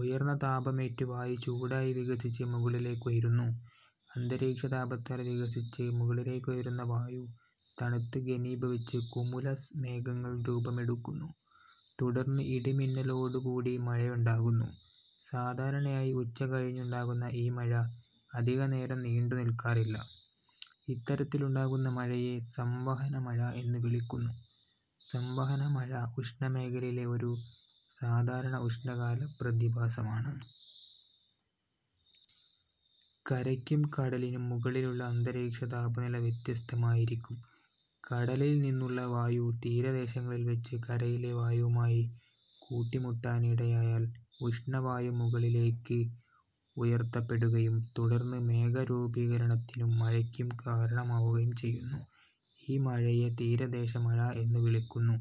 ഉയർന്ന താപമേറ്റ് വായു ചൂടായി വികസിച്ച് മുകളിലേക്കുയരുന്നു. അന്തരീക്ഷതാപത്താൽ വികസിച്ച് മുകളിലേക്കുയരുന്ന വായു തണുത്ത് ഘനീഭവിച്ച് കുമുലസ് മേഘങ്ങൾ രൂപമെടുക്കുന്നു. തുടർന്ന് ഇടിമിന്നലോടു കൂടി മഴയുണ്ടാകുന്നു. സാധാരണയായി ഉച്ചകഴിഞ്ഞുണ്ടാകുന്ന ഈ മഴ അധികനേരം നീണ്ടുനിൽക്കാറില്ല. ഇത്തരത്തിലുണ്ടാകുന്ന മഴയെ സംവഹന മഴ എന്നു വിളിക്കുന്നു. സംവഹനമഴ ഉഷ്ണമേഖലയിലെ ഒരു സാധാരണ ഉഷ്ണകാല പ്രതിഭാസമാണ്. കരയ്ക്കും കടലിനും മുകളിലുള്ള അന്തരീക്ഷതാപനില വ്യത്യസ്തമായിരിക്കും. കടലിൽ നിന്നുള്ള വായു തീരദേശങ്ങളിൽ വച്ച് കരയിലെ വായുവുമായി കൂട്ടിമുട്ടാനിടയായാൽ ഉഷ്ണവായു മുകളിലേക്ക് ഉയർത്തപ്പെടുകയും തുടർന്ന് മേഘരൂപീകരണത്തിനും മഴയ്ക്കും കാരണമാവുകയും ചെയ്യുന്നു. ഈ മഴയെ തീരദേശ മഴ എന്ന് വിളിക്കുന്നു.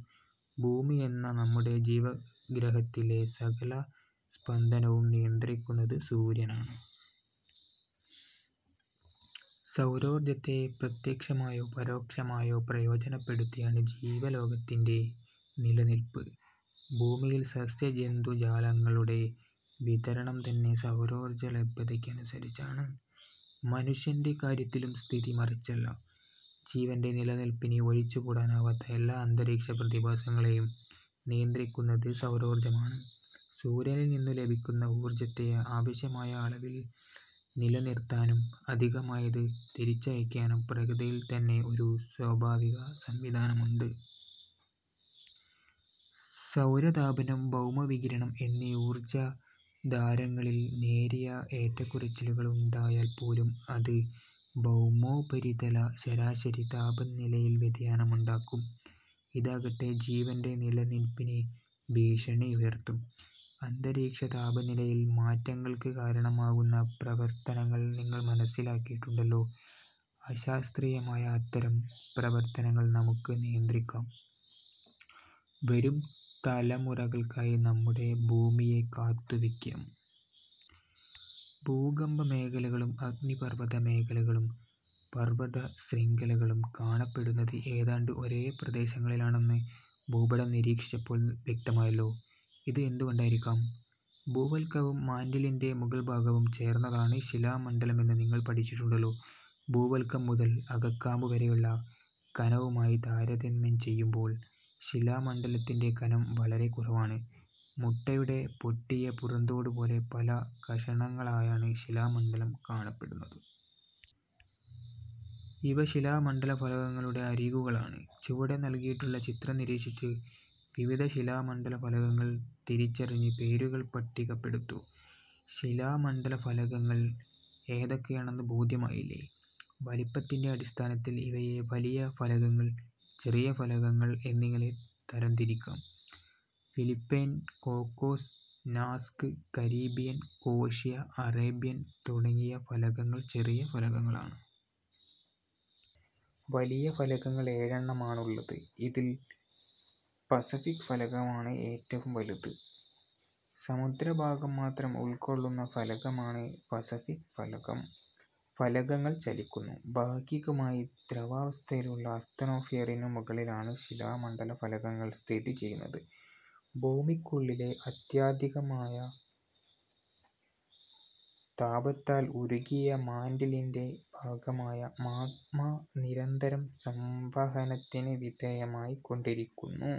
ഭൂമിയെന്ന നമ്മുടെ ജീവഗ്രഹത്തിലെ സകല സ്പന്ദനവും നിയന്ത്രിക്കുന്നത് സൂര്യനാണ്. സൗരോർജത്തെ പ്രത്യക്ഷമായോ പരോക്ഷമായോ പ്രയോജനപ്പെടുത്തിയാണ് ജീവലോകത്തിന്റെ നിലനിൽപ്പ്. ഭൂമിയിൽ സസ്യ ജന്തുജാലങ്ങളുടെ വിതരണം തന്നെ സൗരോർജ ലഭ്യതയ്ക്കനുസരിച്ചാണ്. മനുഷ്യന്റെ കാര്യത്തിലും സ്ഥിതി മറിച്ചല്ല. ജീവന്റെ നിലനിൽപ്പിന് ഒഴിച്ചു കൂടാനാവാത്ത എല്ലാ അന്തരീക്ഷപ്രതിഭാസങ്ങളെയും നിയന്ത്രിക്കുന്നത് സൗരോർജമാണ്. സൂര്യനിൽനിന്നു ലഭിക്കുന്ന ഊർജത്തെ ആവശ്യമായ അളവിൽ നിലനിർത്താനും അധികമായത് തിരിച്ചയയ്ക്കാനും പ്രകൃതിയിൽത്തന്നെ ഒരു സ്വാഭാവിക സംവിധാനമുണ്ട്. സൗരതാപനം, ഭൗമവികിരണം എന്നീ ഊർജധാരങ്ങളിൽ നേരിയ ഏറ്റക്കുറച്ചിലുകൾ ഉണ്ടായാൽ പോലും അത് ഭൗമോപരിതല ശരാശരി താപനിലയിൽ വ്യതിയാനമുണ്ടാക്കും. ഇതാകട്ടെ, ജീവന്റെ നിലനിൽപ്പിന് ഭീഷണിയുയർത്തും. അന്തരീക്ഷതാപനിലയിൽ മാറ്റങ്ങൾക്ക് കാരണമാകുന്ന പ്രവർത്തനങ്ങൾ നിങ്ങൾ മനസ്സിലാക്കിയിട്ടുണ്ടല്ലോ. അശാസ്ത്രീയമായ അത്തരം പ്രവർത്തനങ്ങൾ നമുക്ക് നിയന്ത്രിക്കാം. വരും തലമുറകൾക്കായി നമ്മുടെ ഭൂമിയെ കാത്തുവയ്ക്കാം. ഭൂകമ്പമേഖലകളും അഗ്നിപർവതമേഖലകളും പർവതശൃംഖലകളും കാണപ്പെടുന്നത് ഏതാണ്ട് ഒരേ പ്രദേശങ്ങളിലാണെന്ന് ഭൂപടം നിരീക്ഷിച്ചപ്പോൾ വ്യക്തമായല്ലോ. ഇത് എന്തുകൊണ്ടായിരിക്കാം? ഭൂവൽക്കവും മാന്റിലിന്റെ മുകൾഭാഗവും ചേർന്നതാണ് ശിലാമണ്ഡലമെന്ന് നിങ്ങൾ പഠിച്ചിട്ടുണ്ടല്ലോ. ഭൂവൽക്കം മുതൽ അകക്കാമ്പു വരെയുള്ള കനവുമായി താരതമ്യം ചെയ്യുമ്പോൾ ശിലാമണ്ഡലത്തിന്റെ കനം വളരെ കുറവാണ്. മുട്ടയുടെ പൊട്ടിയ പുറന്തോടുപോലെ പല കഷണങ്ങളായാണ് ശിലാമണ്ഡലം കാണപ്പെടുന്നത്. ഇവ ശിലാമണ്ഡലഫലകങ്ങളുടെ അരികുകളാണ്. ചുവടെ നൽകിയിട്ടുള്ള ചിത്രം നിരീക്ഷിച്ച് വിവിധ ശിലാമണ്ഡലഫലകങ്ങൾ തിരിച്ചറിഞ്ഞ് പേരുകൾ പട്ടികപ്പെടുത്തൂ. ശിലാമണ്ഡലഫലകങ്ങൾ ഏതൊക്കെയെന്ന് ബോധ്യമായില്ലേ. വലിപ്പത്തിന്റെ അടിസ്ഥാനത്തിൽ ഇവയെ വലിയ ഫലകങ്ങൾ, ചെറിയ ഫലകങ്ങൾ എന്നിങ്ങനെ തരംതിരിക്കാം. ഫിലിപ്പൈൻ, കോക്കോസ്, നാസ്ക്, കരീബിയൻ, കോഷ്യ, അറേബ്യൻ തുടങ്ങിയ ഫലകങ്ങൾ ചെറിയ ഫലകങ്ങളാണ്. വലിയ ഫലകങ്ങൾ ഏഴെണ്ണമാണുള്ളത്. ഇതിൽ പസഫിക് ഫലകമാണ് ഏറ്റവും വലുത്. സമുദ്രഭാഗം മാത്രം ഉൾക്കൊള്ളുന്ന ഫലകമാണ് പസഫിക് ഫലകം. ഫലകങ്ങൾ ചലിക്കുന്നു. ഭാഗികമായി ദ്രവാവസ്ഥയിലുള്ള അസ്തനോസ്ഫിയറിനു മുകളിലാണ് ശിലാ മണ്ഡലഫലകങ്ങൾ സ്ഥിതിചെയ്യുന്നത്. ഭൂമിക്കുള്ളിലെ അത്യധികമായ താപത്താൽ ഉരുകിയ മാന്റിലിന്റെ ഭാഗമായ മാഗ്മ നിരന്തരം സംവഹനത്തിന് വിധേയമായിക്കൊണ്ടിരിക്കുന്നു.